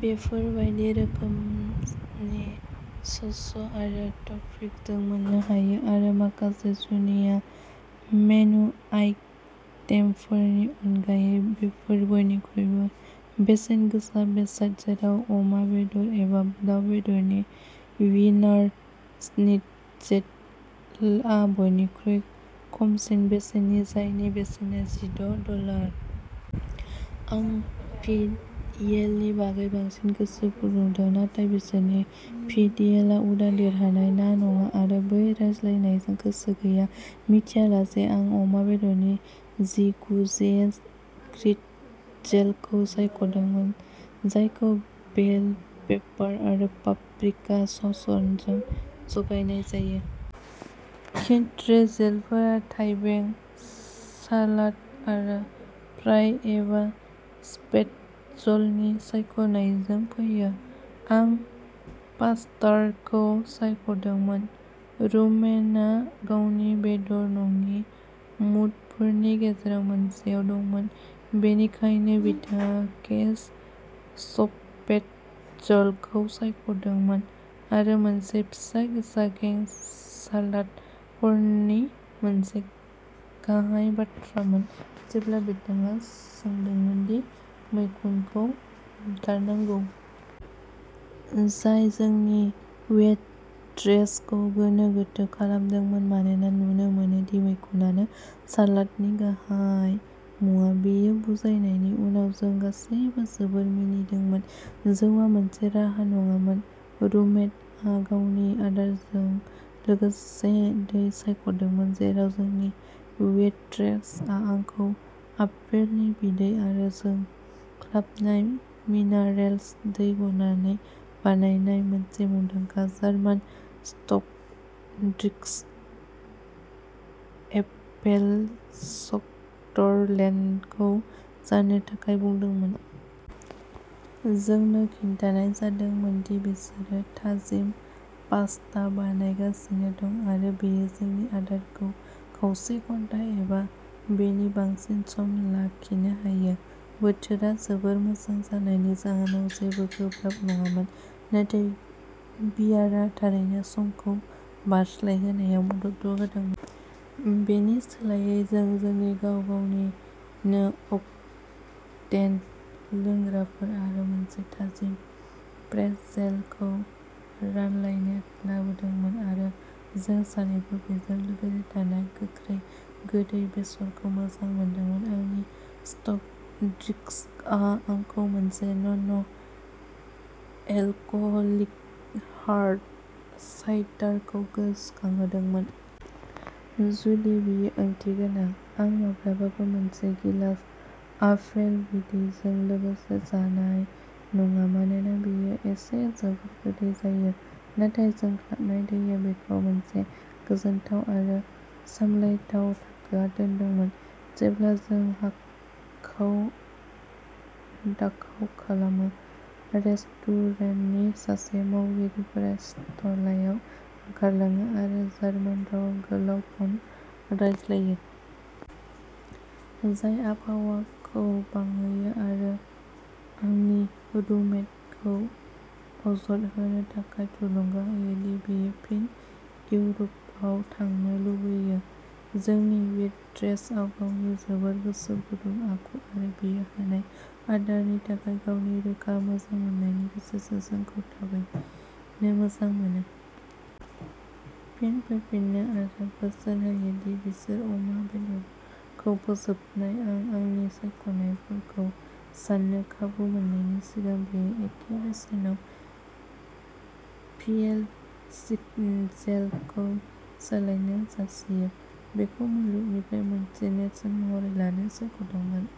बेफोर बायदि रोखोमनि सस आरो टपिंजों मोननो हायो। आरो माखासे जुनिया मेनु आइटेमफोरनि अनगायै बेफोर बयनिख्रुइबो बेसेनगोसा बेसाद जेराव अमा बेदर एबा दाव बेदरनि वीनार स्निटजेलआ बयनिख्रुइ खमसिन बेसेननि जायनि बेसेना जिद’ डलार। आं भियेलनि बागै बांसिन गोसो गुदुंमोन। नाथाय बिसोरनि भिदियेलआ उदां देरनाय ना नङा आरो बै रायज्लायनो गोसो गैया मिथियालासे आं अमा बेदरनि जिगुनेर श्निटजेलखौ सायख'दोंमोन। जायखौ बेल पेपार आरो पाप्रिका ससजों जगायनाय जायो। श्निटजेलफोरा थाइबें सालाद आरो फ्राइ एबा स्पेटजलनि सायख'नायजों फैयो। आं पास्ताखौ सायख'दोंमोन। रुममेटआ गावनि बेदर नङि मुडफोरनि गेजेराव मोनसेआव दंमोन। बेनिखायनो बिथाङा केस स्पेटजलखौ सायख'दोंमोन। आरो मोनसे फिसा जागेर सालात। हरनि मोनसे गाहाय बाथ्रामोन जेब्ला बिथाङा सोंदोंमोन दि मैखुनखौ हमथारनांगौ। जाय जोंनि वेट्रेसखौ गोनो गोथो खालामदोंमोन मानोना नुनो मोनो दि मैखुनानो सालादनि गाहाय मुवा। बियो बुजायनायनि उनाव जों गासैबो जोबोद मिनिदोंमोन। जौआ मोनसे राहा नङामोन। रुममेटआ गावनि आदारजों लोगोसे दै सायख'दोंमोन जेराव जोंनि वेट्रेसआ आंखौ आपेलनि बिदै आरो जोंख्लाबनाय मिनारेल दै गलायनानै बानायनाय मोनसे मुंदांखा जार्मान सफ्ट ड्रिंक्स एपफेल सक्टरलेनखौ जानो थाखाय बुंदोंमोन। जोंनो खिन्थानाय जादोंमोन दि बिसोरो थाजिम पास्ता बानायगासिनो दं आरो बेयो जोंनि आदारखौ खावसे घन्टा एबा बेनि बांसिन सम लाखिनो हायो। बोथोरा जोबोद मोजां जानायनि जाहोनाव जेबो गोब्राब नङामोन। नाथाय बियारा थारैनो समखौ बारस्लायहोनायाव मदद होदोंमोन। बेनि सोलायै जों जोंनि गाव-गावनि नो अक्टेन लोंग्राफोर आरो मोनसे थाजिम प्रेट्जेलखौ रानलायनो लाबोदोंमोन। आरो जों सानैबो बेजों लोगोसे थानाय गोखै गोदै बेसरखौ मोजां मोनदोंमोन। आंनि सफ्ट ड्रिंक्सआ आंखौ मोनसे नन एलकहलिक हार्ड साइडारखौ गोसोखांहोदोंमोन। जुदि बेयो ओंथिगोनां। आं माब्लाबाबो मोनसे गिलास आफेल बिदैजों लोगोसे जानाय नङा। मानोना बेयो एसे जोबोद गोदै जायो। नाथाय जोंख्लाबनाय दैया बेखौ मोनसे गोजोनथाव आरो सामलायथाव थाखोआव दोनदोंमोन। जेब्ला जों हाखाव-दाखाव खालामो रेस्टुरेन्टनि सासे मावगिरिफोरा सिथलायाव ओंखारलाङो आरो जार्मान रावाव गोलाव फन रायज्लायो। जाय आबहावाखौ बांहोयो आरो आंनि रुममेटखौ अजद होनो थाखाय थुलुंगा होयो दि बियो फिन इउर'पआव थांनो लुगैयो। जोंनि वेट्रेसआ गावनि जोबोद गोसो गुदुं आखु आरो बियो होनाय आदारनि थाखाय गावनि रोखा मोजांमोननायनि गेजेरजों जोंखौ थाबैनो मोजां मोनो। फिन फैफिनो आरो बोसोन होयो दि बिसोर अमा बेदरखौ फोजोबबाय। आं आंनि सायख'नायफोरखौ सान्नो खाबु मोननायनि सिगां बियो एखे बेसेनाव भियेल स्निट्जेलखौ सोलायनो जासियो। बेखौ मुलुगनिफ्राय मोनसे नेरसोन महरै लानो सायख'दोंमोन।